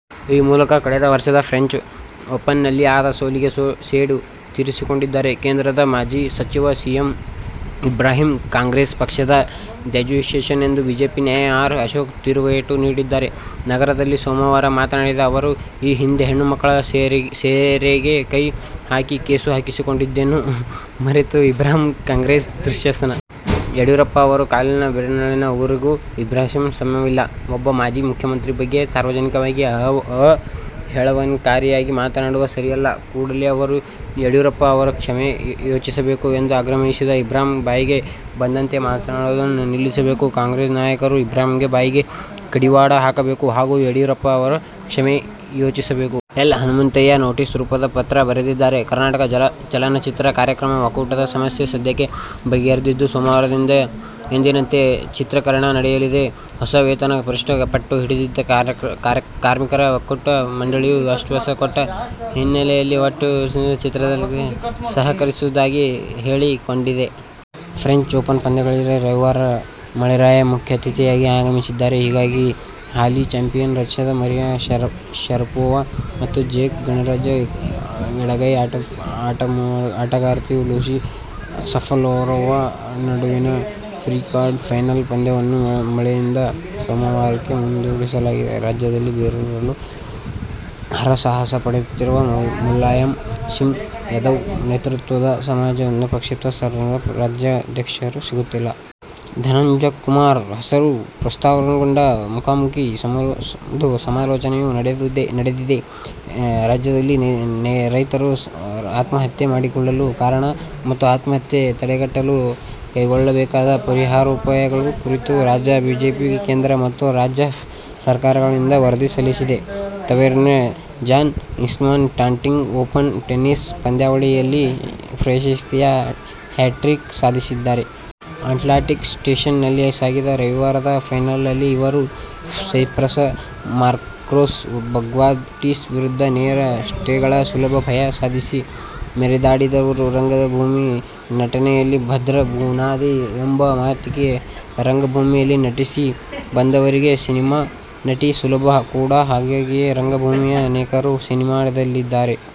ಈ ಮೂಲಕ ಕಳೆದ ವರ್ಷದ ಫ್ರೆಂಚ್ ಓಪನ್ನಲ್ಲಿ ಆದ ಸೋಲಿಗೆ ಸೇಡು ತೀರಿಸಿಕೊಂಡಿದ್ದಾರೆ. ಕೇಂದ್ರದ ಮಾಜಿ ಸಚಿವ ಸಿ. ಎಂ. ಇಬ್ರಾಹಿಂ ಕಾಂಗ್ರೆಸ್ ಪಕ್ಷದ ದುಶ್ಯಾಸನ ಎಂದು ಬಿಜೆಪಿ ನಾಯಕ ಆರ್. ಅಶೋಕ್ ತಿರುಗೇಟು ನೀಡಿದ್ದಾರೆ. ನಗರದಲ್ಲಿ ಸೋಮವಾರ ಮಾತನಾಡಿದ ಅವರು, ಈ ಹಿಂದೆ ಹೆಣ್ಣು ಮಕ್ಕಳ ಸೀರೆಗೆ ಕೈ ಹಾಕಿ, ಕೇಸು ಹಾಕಿಸಿಕೊಂಡಿದ್ದನ್ನು ಮರೆತಿರುವ ಇಬ್ರಾಹಿಂ ಕಾಂಗ್ರೆಸ್ನ ದುಶ್ಯಾಸನ. ಯಡಿಯೂರಪ್ಪ ಅವರ ಕಾಲಿನ ಬೆರಳಿನ ಉಗುರಿಗೂ ಇಬ್ರಾಹಿಂ ಸಮವಿಲ್ಲ. ಒಬ್ಬ ಮಾಜಿ ಮುಖ್ಯಮಂತ್ರಿ ಬಗ್ಗೆ ಸಾರ್ವಜನಿಕವಾಗಿ ಅವಹೇಳನಕಾರಿಯಾಗಿ ಮಾತನಾಡುವುದು ಸರಿಯಲ್ಲ. ಕೂಡಲೇ ಅವರು ಯಡಿಯೂರಪ್ಪ ಅವರ ಕ್ಷಮೆ ಯಾಚಿಸಬೇಕು ಎಂದು ಆಗ್ರಹಿಸಿದರು. ಇಬ್ರಾಹಿಂ ಬಾಯಿಗೆ ಬಂದಂತೆ ಮಾತನಾಡುವುದನ್ನು ನಿಲ್ಲಿಸಬೇಕು. ಕಾಂಗ್ರೆಸ್ ನಾಯಕರು ಇಬ್ರಾಹಿಂ ಬಾಯಿಗೆ ಕಡಿವಾಣ ಹಾಕಬೇಕು ಹಾಗೂ ಯಡಿಯೂರಪ್ಪ ಅವರ ಕ್ಷಮೆಯಾಚಿಸಬೇಕು. ಎಲ್. ಹನುಮಂತಯ್ಯ ನೋಟಿಸ್ ರೂಪದ ಪತ್ರ ಬರೆದಿದ್ದಾರೆ. ಕರ್ನಾಟಕ ಚಲನಚಿತ್ರ ಕಾರ್ಮಿಕರ ಒಕ್ಕೂಟದ ಸಮಸ್ಯೆ ಸದ್ಯಕ್ಕೆ ಬಗೆಹರಿದಿದ್ದು, ಸೋಮವಾರದಿಂದ ಎಂದಿನಂತೆ ಚಿತ್ರೀಕರಣ ನಡೆಯಲಿದೆ. ಹೊಸ ವೇತನ ಪರಿಷ್ಕರಣೆಗೆ ಪಟ್ಟು ಹಿಡಿದಿದ್ದ ಕಾರ್ಮಿಕರ ಒಕ್ಕೂಟಕ್ಕೆ ಮಂಡಳಿಯು ಆಶ್ವಾಸನೆ ಕೊಟ್ಟ ಹಿನ್ನೆಲೆಯಲ್ಲಿ, ಪಟ್ಟು ಸಡಿಲಿಸಿ ಚಿತ್ರೀಕರಣಕ್ಕೆ ಸಹಕರಿಸುವುದಾಗಿ ಹೇಳಿಕೊಂಡಿದೆ. ಫ್ರೆಂಚ್ ಓಪನ್ ಪಂದ್ಯಾವಳಿಗೆ ರವಿವಾರ ಮಳೆರಾಯ ಮುಖ್ಯ ಅತಿಥಿಯಾಗಿ ಆಗಮಿಸಿದ್ದಾನೆ. ಹೀಗಾಗಿ ಹಾಲಿ ಚಾಂಪಿಯನ್ ರಶ್ಯದ ಮರಿಯಾ ಶರಪೋವಾ ಮತ್ತು ಜೆಕ್ ಗಣರಾಜ್ಯದ ಎಡಗೈ ಆಟಗಾರ್ತಿ ಲೂಸಿ ಸಫರೋವಾ ನಡುವಿನ ಪ್ರೀ-ಕ್ವಾರ್ಟರ್ ಫೈನಲ್ ಪಂದ್ಯವನ್ನು ಮಳೆಯಿಂದ ಸೋಮವಾರಕ್ಕೆ ಮುಂದೂಡಲಾಗಿದೆ. ರಾಜ್ಯದಲ್ಲಿ ಬೇರೂರಲು ಹರಸಾಹಸ ಪಡುತ್ತಿರುವ ಮುಲಾಯಂ ಸಿಂಗ್ ಯಾದವ್ ನೇತೃತ್ವದ ಸಮಾಜವಾದಿ ಪಕ್ಷಕ್ಕೆ ಸಮರ್ಥ ರಾಜ್ಯಾಧ್ಯಕ್ಷರು ಸಿಗುತ್ತಿಲ್ಲ. ಧನಂಜಯಕುಮಾರ್ ಹೆಸರು ಪ್ರಸ್ತಾಪಗೊಂಡಿದೆ. ಮುಖಾಮುಖೀ ಸಮಾಲೋಚನೆಯೂ ನಡೆದಿದೆ. ರಾಜ್ಯದಲ್ಲಿ ರೈತರು ಆತ್ಮಹತ್ಯೆ ಮಾಡಿಕೊಳ್ಳಲು ಕಾರಣ ಮತ್ತು ಆತ್ಮಹತ್ಯೆ ತಡೆಗಟ್ಟಲು ಕೈಗೊಳ್ಳಬೇಕಾದ ಪರಿಹಾರೋಪಾಯಗಳ ಕುರಿತು ರಾಜ್ಯ ಬಿಜೆಪಿ ಕೇಂದ್ರ ಮತ್ತು ರಾಜ್ಯ ಸರ್ಕಾರಗಳಿಗೆ ವರದಿ ಸಲ್ಲಿಸಲಿದೆ. ತವರಿನ John Isner Atlanta Open tennis ಪಂದ್ಯಾವಳಿಯಲ್ಲಿ ಪ್ರಶಸ್ತಿಯ ಹ್ಯಾಟ್ರಿಕ್ ಸಾಧಿಸಿದ್ದಾರೆ. "ಅಟ್ಲಾಂಟಿಕ್ ಸ್ಟೇಷನ್'ನಲ್ಲಿ ಸಾಗಿದ ರವಿವಾರದ ಫೈನಲ್ನಲ್ಲಿ ಅವರು ಸೈಪ್ರಸ್ನ ಮಾರ್ಕೋಸ್ ಬಗ್ಧಾಟಿಸ್ ವಿರುದ್ಧ, ನೇರ ಸೆಟ್ಗಳ ಸುಲಭ ಜಯ ಸಾಧಿಸಿ ಮೆರೆದಾಡಿದರು. ರಂಗಭೂಮಿ ನಟನೆಗೆ ಭದ್ರ ಬುನಾದಿ ಎಂಬ ಮಾತಿದೆ. ರಂಗಭೂಮಿಯಲ್ಲಿ ನಟಿಸಿ ಬಂದವರಿಗೆ ಸಿನಿಮಾ ನಟನೆ ಸುಲಭ ಕೂಡಾ. ಹಾಗಾಗಿಯೇ ರಂಗಭೂಮಿಯ ಅನೇಕರು ಸಿನಿಮಾದಲ್ಲಿದ್ದಾರೆ.